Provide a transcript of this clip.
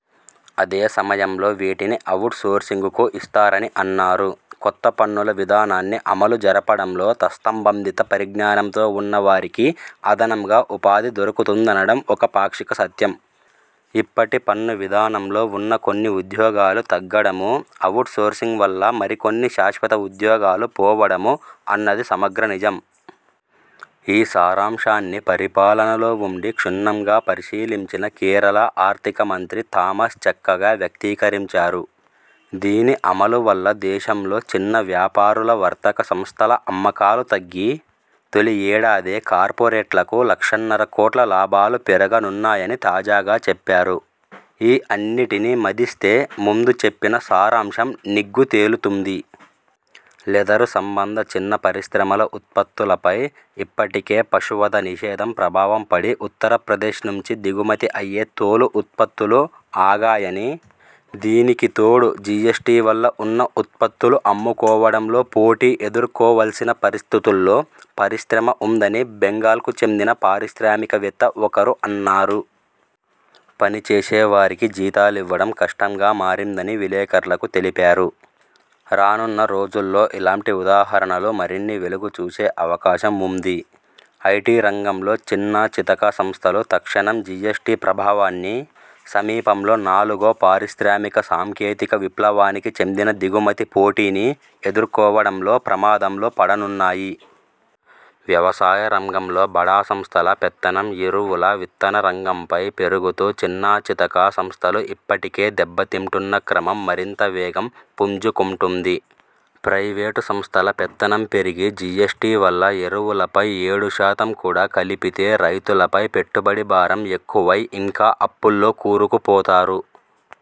అదే సమయంలో వీటిని అవుట్ సోర్సింగ్కూ ఇస్తారని అన్నారు. కొత్త పన్నుల విధానాన్ని అమలు జరపడంలో తత్సంబంధిత పరిజ్ఞానంతో ఉన్న వారికి అదనంగా ఉపాధి దొరుకుతుందనడం ఒక పాక్షిక సత్యం. ఇప్పటి పన్ను విధానంలో ఉన్న కొన్ని ఉద్యోగాలు తగ్గడమూ, అవుట్ సోర్సింగ్ వల్ల మరికొన్ని శాశ్వత ఉద్యోగాలు పోవడమూ అన్నది సమగ్ర నిజం. ఈ సారాంశాన్ని పరిపాలనలో ఉండి క్షుణ్ణంగా పరిశీలించిన కేరళ ఆర్థిక మంత్రి థామస్ చక్కగా వ్యక్తీకరించారు. దీని అమలు వల్ల దేశంలో చిన్న వ్యాపారుల, వర్తక సంస్థల అమ్మకాలు తగ్గి తొలి యేడాదే కార్పొరేట్లకు లక్షన్నర కోట్ల లాభాలు పెరగనున్నాయని తాజాగా చెప్పారు. ఈ అన్నిటినీ మదిస్తే ముందు చెప్పిన సారాంశం నిగ్గు తేలుతుంది. లెదరు సంబంధ చిన్న పరిశ్రమల ఉత్పత్తులపై ఇప్పటికే పశువధ నిషేధం ప్రభావం పడి ఉత్తరప్రదేశ్ నుంచి దిగుమతి అయ్యే తోలు ఉత్పత్తులు ఆగాయనీ, దీనికి తోడు జీఎస్టీ వల్ల ఉన్న ఉత్పత్తులు అమ్ముకోవడంలో పోటీ ఎదుర్కోవాల్సిన పరిస్థితుల్లో పరిశ్రమ ఉందనీ బెంగాల్కు చెందిన పారిశ్రామిక వేత్త ఒకరు అన్నారు. పనిచేసే వారికి జీతాలివ్వడం కష్టంగా మారిందని విలేఖర్లకు తెలిపారు. రానున్న రోజుల్లో ఇలాంటి ఉదాహరణలు మరిన్ని వెలుగు చూసే అవకాశం వుంది. ఐటీ రంగంలో చిన్నా చితకా సంస్థలు తక్షణం జీఎస్టీ ప్రభావాన్నీ, సమీపంలో నాలుగో పారిశ్రామిక సాంకేతిక విప్లవానికి చెందిన దిగుమతి పోటీనీ ఎదుర్కోవడంలో ప్రమాదంలో పడనున్నాయి. వ్యవసాయ రంగంలో బడా సంస్థల పెత్తనం ఎరువుల, విత్తన రంగంపై పెరుగుతూ చిన్నచితకా సంస్థలు ఇప్పటికే దెబ్బతింటున్న క్రమం మరింత వేగం పుంజుకుంటుంది. ప్రయివేటు సంస్థల పెత్తనం పెరిగి, జీఎస్టీ వల్ల ఎరువులపై ఏడు శాతం కూడా కలిపితే రైతులపై పెట్టుబడి భారం ఎక్కువై ఇంకా అప్పుల్లో కూరుకుపోతారు.